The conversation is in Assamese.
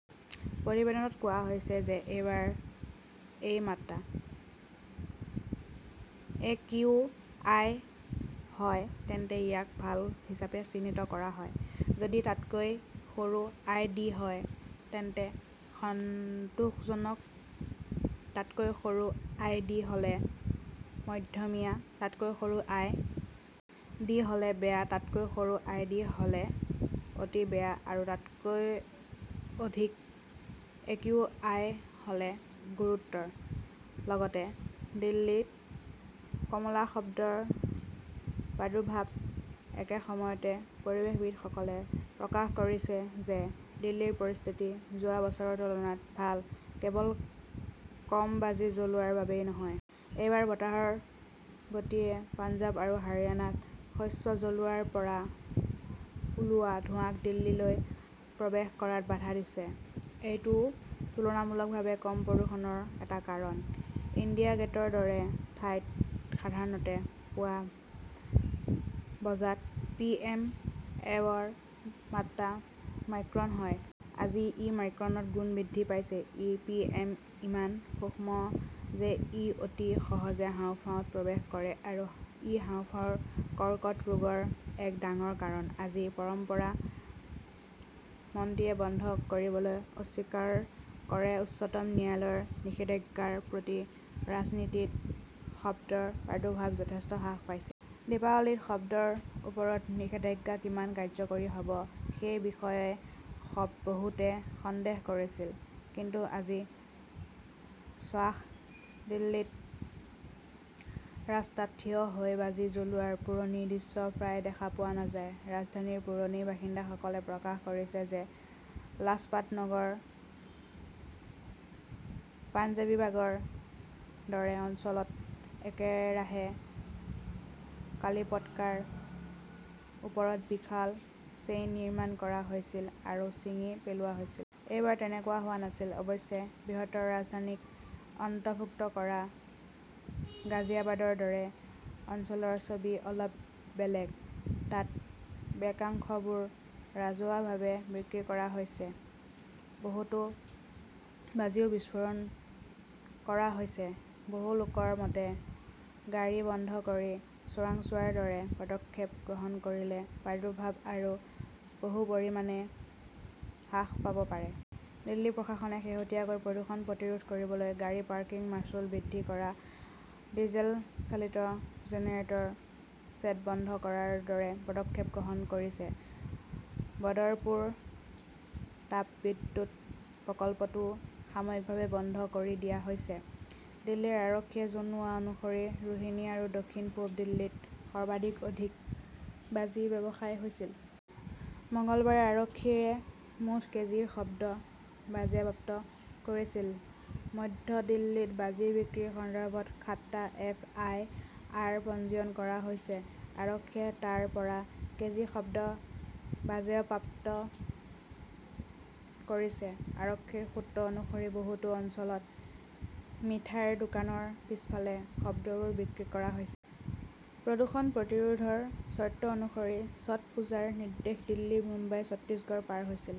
প্ৰতিবেদনত কোৱা হৈছে যে এইবাৰ এই মাত্ৰা। একিউআই হয় তেন্তে ইয়াক 'ভাল হিচাপে চিহ্নিত কৰা হয়। যদি তাতকৈ সৰু আই. ডি. হয় তেন্তে 'সন্তোষজনক'।তাতকৈ সৰু আই. ডি. হ 'লে' মধ্যমীয়া ', তাতকৈ সৰু আই. ডি. হ' লে 'বেয়া', তাতকৈ সৰু আই. ডি. হ 'লে' অতি বেয়া 'আৰু আৰু তাতকৈ অধিক একিউ. আই. হ' লে 'গুৰুতৰ'। লগতে দিল্লীত কমলা শব্দৰ প্ৰাদুৰ্ভাৱ একে সময়তে পৰিৱেশবিদসকলে প্ৰকাশ কৰিছে যে দিল্লীৰ পৰিস্থিতি যোৱা বছৰৰ তুলনাত ভাল, কেৱল কম বাজি জ্বলোৱাৰ বাবেই নহয়। এইবাৰ বতাহৰ গতিয়ে পঞ্জাৱ আৰু হাৰিয়ানাত শস্য জ্বলোৱাৰ পৰা ওলোৱা ধোঁৱাক দিল্লীলৈ প্ৰৱেশ কৰাত বাধা দিছে। এইটোও তুলনামূলকভাৱে কম প্ৰদূষণৰ এটা কাৰণ। ইণ্ডিয়া গেটৰ দৰে ঠাইত সাধাৰণতে পুৱা বজাত পিএম -এৰ মাত্ৰা মাইক্ৰন হয়। আজি ই মাইক্ৰনত গুণ বৃদ্ধি পাইছে। এই পিএম ইমান সূক্ষ্ম যে ই অতি সহজে হাঁওফাঁওত প্ৰৱেশ কৰে আৰু ই হাঁওফাঁওৰ কৰ্কট ৰোগৰ এক ডাঙৰ কাৰণ। বাজি 'পৰম্পৰা, মন্ত্ৰীয়ে বন্ধ কৰিবলৈ অস্বীকাৰ কৰে উচ্চতম ন্যায়ালয়ৰ নিষেধাজ্ঞাৰ পিছত ৰাজধানীত শব্দৰ প্ৰাদুৰ্ভাৱ যথেষ্ট হ্ৰাস পাইছে। দীপাৱলীত শব্দৰ ওপৰত নিষেধাজ্ঞা কিমান কাৰ্যকৰী হব সেই বিষয়ে বহুতে সন্দেহ কৰিছিল। কিন্তু আজি খাস দিল্লীত ৰাস্তাত থিয় হৈ বাজি জ্বলোৱাৰ পুৰণি দৃশ্য প্ৰায় দেখা পোৱা নাযায়। ৰাজধানীৰ পুৰণি বাসিন্দাসকলে প্ৰকাশ কৰিছে যে লাজপাটনগৰ, পঞ্জাৱিবাগৰ দৰে অঞ্চলত একেৰাহে কালীপটকাৰ ওপৰত বিশাল চেইন নিৰ্মাণ কৰা হৈছিল আৰু ছিঙি পেলোৱা হৈছিল। এইবাৰ তেনেকুৱা হোৱা নাছিল। অৱশ্যে, বৃহত্তৰ ৰাজধানী ক অন্তৰ্ভুক্ত কৰা গাজিয়াবাদৰ দৰে অঞ্চলৰ ছবি অলপ বেলেগ। তাত বাক্যাংশবোৰ ৰাজহুৱাভাৱে বিক্ৰী কৰা হৈছে। বহুতো বাজিও বিস্ফোৰণ কৰা হৈছে। বহু লোকৰ মতে, গাড়ী বন্ধ কৰি চোৰাংচোৱাৰ দৰে পদক্ষেপ গ্ৰহণ কৰিলে প্ৰাদুৰ্ভাৱ আৰু বহু পৰিমাণে হ্ৰাস পাব পাৰে। দিল্লী প্ৰশাসনে শেহতীয়াকৈ প্ৰদূষণ প্ৰতিৰোধ কৰিবলৈ গাড়ী পাৰ্কিং মাচুল বৃদ্ধি কৰা, ডিজেল চালিত জেনেৰেটৰ ছেট বন্ধ কৰাৰ দৰে পদক্ষেপ গ্ৰহণ কৰিছে। বদৰপুৰ তাপবিদ্যুৎ প্ৰকল্পটোও সাময়িকভাৱে বন্ধ কৰি দিয়া হৈছে। দিল্লী আৰক্ষীয়ে জনোৱা অনুসৰি ৰোহিনী আৰু দক্ষিণ-পূব দিল্লীত সৰ্বাধিক অবৈধ বাজি ব্যৱসায় হৈছিল। মঙলবাৰে আৰক্ষীয়ে মুঠ কেজি শব্দ বাজেয়াপ্ত কৰিছিল। মধ্য দিল্লীত বাজি বিক্ৰীৰ সন্দৰ্ভত সাতটা এফ. আই. আৰ. পঞ্জীয়ন কৰা হৈছে। আৰক্ষীয়ে তাতৰ পৰা কেজি শব্দ বাজেয়াপ্ত কৰিছে। আৰক্ষীৰ সূত্ৰ অনুসৰি, বহুতো অঞ্চলত মিঠাইৰ দোকানৰ পিছফালে শব্দবোৰ বিক্ৰী কৰা হৈছিল। প্ৰদূষণ প্ৰতিৰোধৰ চৰ্ত অনুসৰি ছট পূজাৰ নিৰ্দেশ দিল্লী, মুম্বাই, চণ্ডীগড় পাৰ হৈছিল।